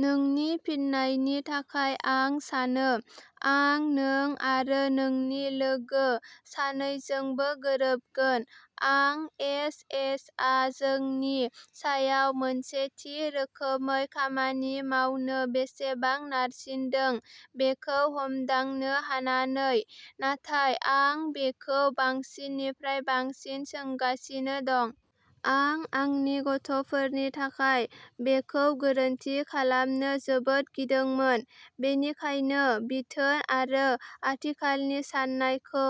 नोंनि फिनायनि थाखाय आं सानो, आं नों आरो नोंनि लोगो सानैजोंबो गोरोबगोन। आं एस एसआ जोंनि सायाव मोनसे थि रोखोमै खामानि मावनो बेसेबां नारसिनदों बेखौ हमदांनो हानानै नाथाय आं बेखौ बांसिननिफ्राय बांसिन सोंगासिनो दं। आं आंनि गथ'फोरनि थाखाय बेखौ गोरोन्थि खालामनो जोबोद गिदोंमोन, बेनिखायनो बिथोन आरो आथिखालनि साननायखौ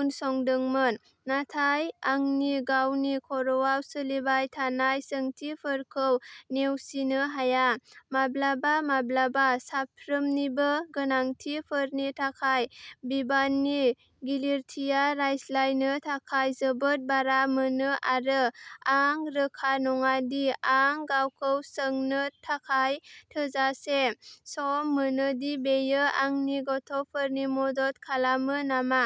उनसंदोंमोन, नाथाय आंनि गावनि खर'आव सोलिबाय थानाय सोंथिफोरखौ नेवसिनो हाया। माब्लाबा-माब्लाबा साफ्रोमनिबो गोनांथिफोरनि थाखाय बिबाननि गिलिरथिया रायज्लायनो थाखाय जोबोद बारा मोनो आरो आं रोखा नङा दि आं गावखौ सोंनो थाखाय थोजासे सम मोनो दि बेयो आंनि गथ'फोरनि मदद खालामो नामा।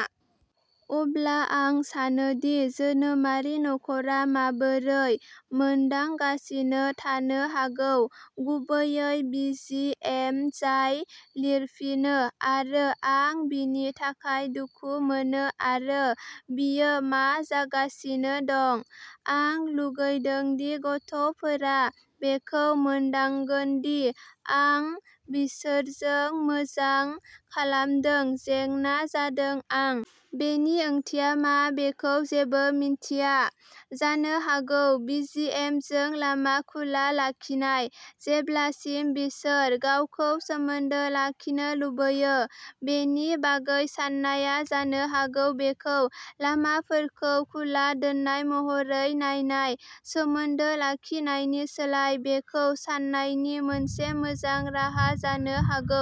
अब्ला आं सानो दि जोनोमारि नखरा माबोरै मोनदांगासिनो थानो हागौ, गुबैयै बि जि एम जाय लिरफिनो, आरो आं बिनि थाखाय दुखु मोनो आरो बियो मा जागासिनो दं। आं लुगैदों दि गथ'फोरा बेखौ मोनदांगोन दि आं बिसोरजों मोजां खालामदों, जेंना जादों आं। बेनि ओंथिया मा बेखौ जेबो मिन्थिया। जानो हागौ बि जि एम जों लामा खुला लाखिनाय, जेब्लासिम बिसोर गावखौ सोमोन्दो लाखिनो लुबैयो। बेनि बागै साननाया जानो हागौ बेखौ लामाफोरखौ खुला दोननाय महरै नायनाय, सोमोन्दो लाखिनायनि सोलाय, बेखौ सान्नायनि मोनसे मोजां राहा जानो हागौ।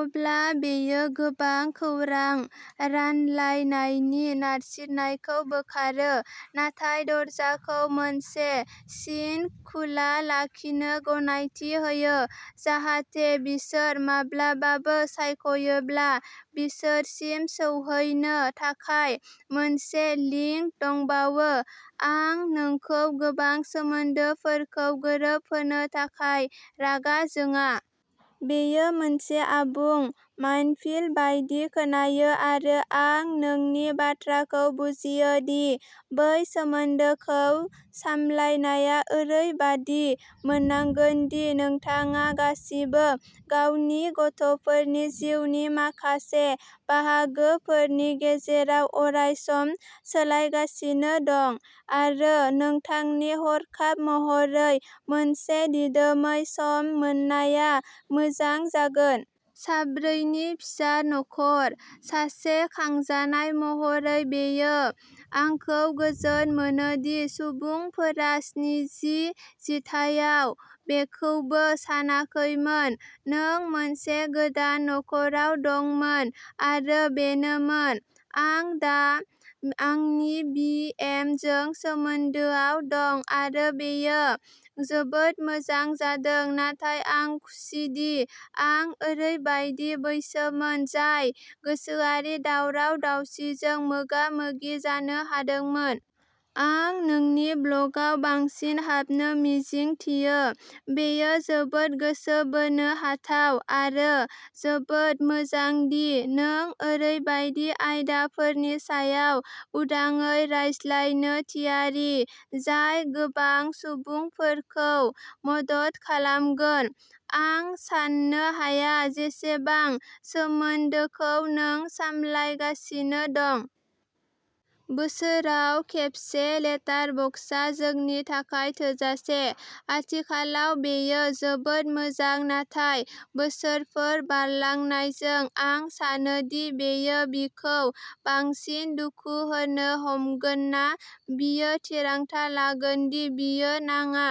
अब्ला बेयो गोबां खौरां रानलायनायनि नारसिननायखौ बोखारो, नाथाय दरजाखौ मोनसे सिनक खुला लाखिनो गनायथि होयो, जाहाथे बिसोर माब्लाबाबो सायख'योब्ला बिसोरसिम सौहैनो थाखाय मोनसे लिंक दंबावो। आं नोंखौ गोबां सोमोन्दोफोरखौ गोरोबहोनो थाखाय रागा जोङा। बेयो मोनसे आबुं माइनफील्ड बायदि खोनायो आरो आं नोंनि बाथ्राखौ बुजियो दि बै सोमोन्दोखौ सामलायनाया ओरैबादि मोननांगोन दि नोंथाङा गासिबो गावनि गथ'फोरनि जिउनि माखासे बाहागोफोरनि गेजेराव अरायसम सोलायगासिनो दं आरो नोंथांनि हरखाब महरै मोनसे दिदोमै सम मोननाया मोजां जागोन। साब्रै नि फिसा नखर, सासे खांजानाय महरै बेयो आंखौ गोजोन मोनो दि सुबुंफोरा स्निजि जिथाइयाव बेखौबो सानाखैमोन। नों मोनसे गोदान नख'राव दंमोन आरो बेनोमोन। आं दा आंनि बि. एम. जों सोमोन्दोआव दं आरो बेयो जोबोद मोजां जादों, नाथाय आं खुसिदि आं ओरैबायदि बैसोमोन जाय गोसोआरि दावराव-दावसिजों मोगा-मोगि जानो हादोंमोन। आं नोंनि ब्लगआव बांसिन हाबनो मिजिंथियो, बेयो जोबोद गोसो बोनो हाथाव आरो जोबोद मोजां दि नों ओरैबायदि आयदाफोरनि सायाव उदाङै रायज्लायनो थियारि जाय गोबां सुबुंफोरखौ मदद खालामगोन। आं साननो हाया जेसेबां सोमोन्दोखौ नों सामलायगासिनो दं। बोसोराव खेबसे लेटारबक्सआ जोंनि थाखाय थोजासे। आथिखालाव बेयो जोबोद मोजां नाथाय बोसोरफोर बारलांनायजों आं सानो दि बेयो बिखौ बांसिन दुखु होनो हमगोन ना बियो थिरांथा लागोन दि बियो नाङा।